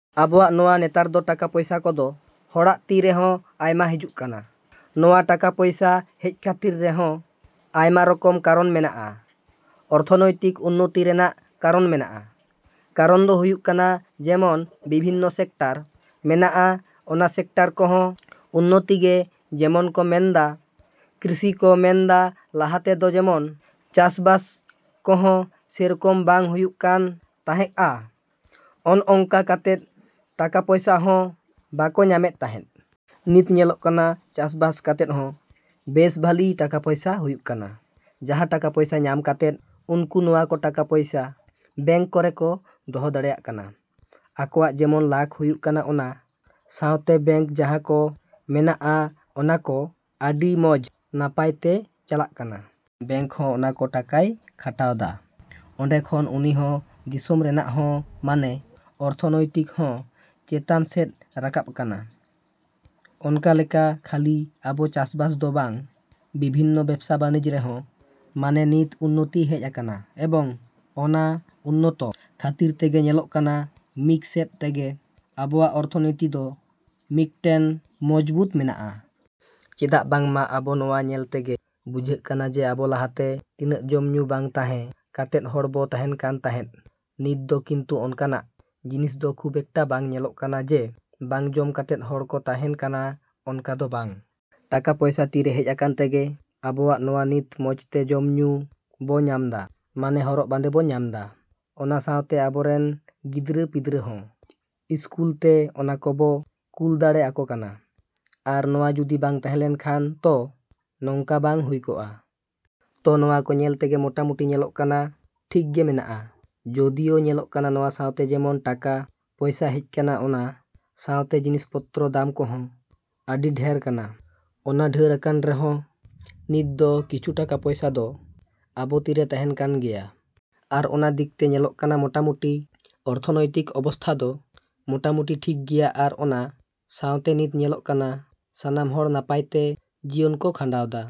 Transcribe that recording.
‎ᱟᱵᱚᱣᱟᱜ ᱱᱚᱣᱟ ᱱᱮᱛᱟᱨ ᱫᱚ ᱴᱟᱠᱟ ᱯᱚᱭᱥᱟ ᱠᱚᱫᱚ ᱦᱚᱲᱟᱜ ᱛᱤᱨᱮ ᱦᱚᱸ ᱟᱭᱢᱟ ᱦᱤᱡᱩᱜ ᱠᱟᱱᱟ᱾ ᱱᱚᱣᱟ ᱴᱟᱠᱟ ᱯᱚᱭᱥᱟ ᱦᱮᱡ ᱠᱷᱟᱹᱛᱤᱨ ᱨᱮᱦᱚᱸ ᱟᱭᱢᱟ ᱨᱚᱠᱚᱢ ᱠᱟᱨᱚᱱ ᱢᱮᱱᱟᱜᱼᱟ, ᱚᱨᱛᱷᱚᱱᱚᱭᱛᱤᱠ ᱩᱱᱱᱚᱛᱤ ᱨᱮᱱᱟᱜ ᱠᱟᱨᱚᱱ ᱢᱮᱱᱟᱜᱼᱟ᱾ ᱠᱟᱨᱚᱱ ᱫᱚ ᱦᱩᱭᱩᱜ ᱠᱟᱱᱟ ᱡᱮᱢᱚᱱ ᱵᱤᱵᱷᱤᱱᱱᱚ ᱥᱮᱠᱴᱟᱨ ᱢᱮᱱᱟᱜᱼᱟ, ᱚᱱᱟ ᱥᱮᱠᱴᱟᱨ ᱠᱚᱦᱚᱸ ᱩᱱᱱᱚᱛᱤᱜᱮ ᱡᱮᱢᱚᱱ ᱠᱚ ᱢᱮᱱ ᱫᱟ ᱠᱨᱤᱥᱤ ᱠᱚ ᱢᱮᱱ ᱫᱟ ᱞᱟᱦᱟ ᱛᱮᱫᱚ ᱡᱮᱢᱚᱱ ᱪᱟᱥᱵᱟᱥ ᱠᱚᱦᱚᱸ ᱥᱮᱨᱚᱠᱚᱢ ᱵᱟᱝ ᱦᱩᱭᱩᱜ ᱠᱟᱱ ᱛᱟᱦᱮᱸᱜᱼᱟ, ᱚᱱᱼᱚᱝᱠᱟ ᱠᱟᱛᱮᱜ ᱴᱟᱠᱟ ᱯᱚᱭᱥᱟ ᱦᱚᱸ ᱵᱟᱠᱚ ᱧᱟᱢᱮᱫ ᱛᱟᱦᱮᱸᱫ᱾ ᱱᱤᱛ ᱧᱮᱞᱚᱜ ᱠᱟᱱᱟ ᱪᱟᱥ ᱵᱟᱥ ᱠᱟᱛᱮᱜ ᱦᱚᱸ ᱵᱮᱹᱥ ᱵᱷᱟᱞᱮ ᱴᱟᱠᱟ ᱯᱚᱭᱥᱟ ᱦᱤᱡᱩᱜ ᱠᱟᱱᱟ, ᱡᱟᱦᱟᱸ ᱴᱟᱠᱟ ᱯᱚᱭᱥᱟ ᱧᱟᱢ ᱠᱟᱛᱮᱜ ᱩᱱᱠᱩ ᱱᱚᱣᱟ ᱠᱚ ᱴᱟᱠᱟ ᱯᱚᱭᱥᱟ ᱵᱮᱝᱠ ᱠᱚᱨᱮ ᱠᱚ ᱫᱚᱦᱚ ᱫᱟᱲᱮᱭᱟᱜ ᱠᱟᱱᱟ᱾ ᱟᱠᱚᱣᱟᱜ ᱡᱮᱢᱚᱱ ᱞᱟᱵᱷ ᱦᱩᱭᱩᱜ ᱠᱟᱱᱟ ᱚᱱᱟ ᱥᱟᱶᱛᱮ ᱵᱮᱝᱠ ᱡᱟᱸᱦᱟ ᱠᱚ ᱢᱮᱱᱟᱜᱼᱟ ᱚᱱᱟ ᱠᱚ ᱟᱰᱤ ᱢᱚᱸᱡᱽ ᱱᱟᱯᱟᱭ ᱛᱮ ᱪᱟᱞᱟᱜ ᱠᱟᱱᱟ᱾ ᱵᱮᱝᱠ ᱦᱚᱸ ᱚᱱᱟ ᱠᱚ ᱴᱟᱠᱟᱭ ᱠᱷᱟᱴᱟᱣ ᱫᱟ, ᱚᱸᱰᱮ ᱠᱷᱚᱱ ᱩᱱᱤᱦᱚᱸ ᱫᱤᱥᱚᱢ ᱨᱮᱱᱟᱜ ᱦᱚᱸ ᱢᱟᱱᱮ ᱚᱨᱛᱷᱚᱱᱚᱭᱛᱤᱠ ᱦᱚᱸ ᱪᱮᱛᱟᱱ ᱥᱮᱫ ᱨᱟᱠᱟᱵ ᱠᱟᱱᱟ᱾ ᱚᱱᱠᱟ ᱞᱮᱠᱟ ᱠᱷᱟᱹᱞᱤ ᱟᱵᱚ ᱪᱟᱥᱵᱟᱥ ᱫᱚ ᱵᱟᱝ, ᱵᱤᱵᱷᱤᱱᱱᱚ ᱵᱮᱵᱽᱥᱟ ᱵᱟᱱᱤᱡᱽ ᱨᱮᱦᱚᱸ ᱢᱟᱱᱮ ᱱᱤᱛ ᱩᱱᱱᱚᱛᱤ ᱦᱮᱡ ᱟᱠᱟᱱᱟ ᱮᱵᱚᱝ ᱚᱱᱟ ᱩᱱᱱᱚᱛᱚ ᱠᱷᱟᱹᱛᱤᱨ ᱛᱮᱜᱮ ᱧᱮᱞᱚᱜ ᱠᱟᱱᱟ ᱢᱤᱜ ᱥᱮᱫ ᱛᱮᱫᱚ ᱟᱵᱚᱣᱟᱜ ᱚᱨᱛᱷᱚᱱᱤᱛᱤ ᱫᱚ ᱢᱤᱜᱴᱮᱱ ᱢᱚᱡᱽᱵᱩᱛ ᱢᱮᱱᱟᱜᱼᱟ᱾ ᱪᱮᱫᱟᱜ ᱵᱟᱝᱢᱟ ᱟᱵᱚ ᱱᱚᱣᱟ ᱧᱮᱞ ᱛᱮᱜᱮ ᱵᱩᱡᱷᱟᱹᱜ ᱠᱟᱱᱟ ᱡᱮ ᱟᱵᱚ ᱞᱟᱦᱟ ᱛᱮ ᱛᱤᱱᱟᱹᱜ ᱡᱚᱢ ᱧᱩ ᱵᱟᱝ ᱛᱟᱦᱮᱸ ᱠᱟᱛᱮᱜ ᱦᱚᱲ ᱵᱚ ᱛᱟᱦᱮᱸᱱ ᱠᱟᱱ ᱛᱟᱦᱮᱸᱫ, ᱱᱤᱛ ᱫᱚ ᱠᱤᱱᱛᱩ ᱚᱱᱠᱟᱱᱟᱜ ᱡᱤᱱᱤᱥ ᱫᱚ ᱠᱷᱩᱵᱽ ᱮᱠᱴᱟ ᱵᱟᱝ ᱧᱮᱞᱚᱜ ᱠᱟᱱᱟ ᱡᱮ ᱵᱟᱝ ᱡᱚᱢ ᱠᱟᱛᱮᱜ ᱦᱚᱲ ᱠᱚ ᱛᱟᱦᱮᱸᱱ ᱠᱟᱱᱟ ᱚᱱᱠᱟ ᱫᱚ ᱵᱟᱝ᱾ ᱴᱟᱠᱟ ᱯᱚᱭᱥᱟ ᱛᱤᱨᱮ ᱦᱮᱡ ᱟᱠᱟᱱ ᱛᱮᱜᱮ ᱟᱵᱚᱣᱟᱜ ᱱᱚᱣᱟ ᱱᱤᱛ ᱢᱚᱸᱡᱽ ᱛᱮ ᱡᱚᱢ ᱧᱩ ᱵᱚ ᱧᱟᱢ ᱫᱟ᱾ ᱢᱟᱱᱮ ᱦᱚᱨᱚᱜ ᱵᱟᱸᱫᱮ ᱵᱚ ᱧᱟᱢ ᱫᱟ, ᱚᱱᱟ ᱥᱟᱶᱛᱮ ᱟᱵᱚ ᱨᱮᱱ ᱜᱤᱫᱽᱨᱟᱹ ᱯᱤᱫᱽᱨᱟᱹ ᱦᱚᱸ ᱥᱠᱩᱞ ᱛᱮ ᱚᱱᱟ ᱠᱚᱵᱚ ᱠᱩᱞ ᱫᱟᱲᱮ ᱟᱠᱚ ᱠᱟᱱᱟ, ᱟᱨ ᱱᱚᱣᱟ ᱡᱩᱫᱤ ᱵᱟᱝ ᱛᱟᱦᱮᱸ ᱞᱮᱱ ᱠᱷᱟᱱ ᱛᱚ ᱱᱚᱝᱠᱟ ᱵᱟᱝ ᱦᱩᱭ ᱠᱚᱜᱼᱟ᱾ ᱛᱚ ᱱᱚᱣᱟ ᱠᱚ ᱧᱮᱞ ᱛᱮᱜᱮ ᱢᱚᱴᱟ ᱢᱩᱴᱤ ᱧᱮᱞᱚᱜ ᱠᱟᱱᱟ ᱴᱷᱤᱠ ᱜᱮ ᱢᱮᱱᱟᱜᱼᱟ᱾ ᱡᱳᱫᱤᱭᱳ ᱧᱮᱞᱚᱜ ᱠᱟᱱᱟ ᱱᱚᱣᱟ ᱥᱟᱶᱛᱮ ᱡᱮᱢᱚᱱ ᱴᱟᱠᱟ ᱯᱚᱭᱥᱟ ᱦᱮᱡ ᱠᱟᱱᱟ ᱚᱱᱟ ᱥᱟᱶᱛᱮ ᱡᱤᱱᱤᱥ ᱯᱚᱛᱨᱚ ᱫᱟᱢ ᱠᱚᱦᱚᱸ ᱟᱰᱤ ᱰᱷᱮᱨ ᱠᱟᱱᱟ᱾ ᱚᱱᱟ ᱰᱷᱮᱹᱨ ᱟᱠᱟᱱ ᱨᱮᱦᱚᱸ ᱱᱤᱛ ᱫᱚ ᱠᱤᱪᱷᱩ ᱴᱟᱠᱟ ᱯᱚᱭᱥᱟ ᱫᱚ ᱟᱵᱚ ᱛᱤᱨᱮ ᱛᱟᱦᱮᱸᱱ ᱠᱟᱱ ᱜᱮᱭᱟ᱾ ᱟᱨ ᱚᱱᱟ ᱫᱤᱠ ᱛᱮ ᱧᱮᱞᱚᱜ ᱠᱟᱱᱟ ᱢᱚᱴᱟ ᱢᱩᱴᱤ ᱚᱨᱛᱷᱚᱱᱚᱭᱛᱤᱠ ᱚᱵᱚᱥᱛᱷᱟ ᱫᱚ ᱢᱚᱴᱟᱢᱩᱴᱤ ᱴᱷᱤᱠ ᱜᱮᱭᱟ ᱟᱨ ᱚᱱᱟ ᱥᱟᱶᱛᱮ ᱱᱤᱛ ᱧᱮᱞᱚᱜ ᱠᱟᱱᱟ ᱥᱟᱱᱟᱢ ᱦᱚᱲ ᱱᱟᱯᱟᱭ ᱛᱮ ᱡᱤᱭᱚᱱ ᱠᱚ ᱠᱷᱟᱰᱟᱣᱫᱟ᱾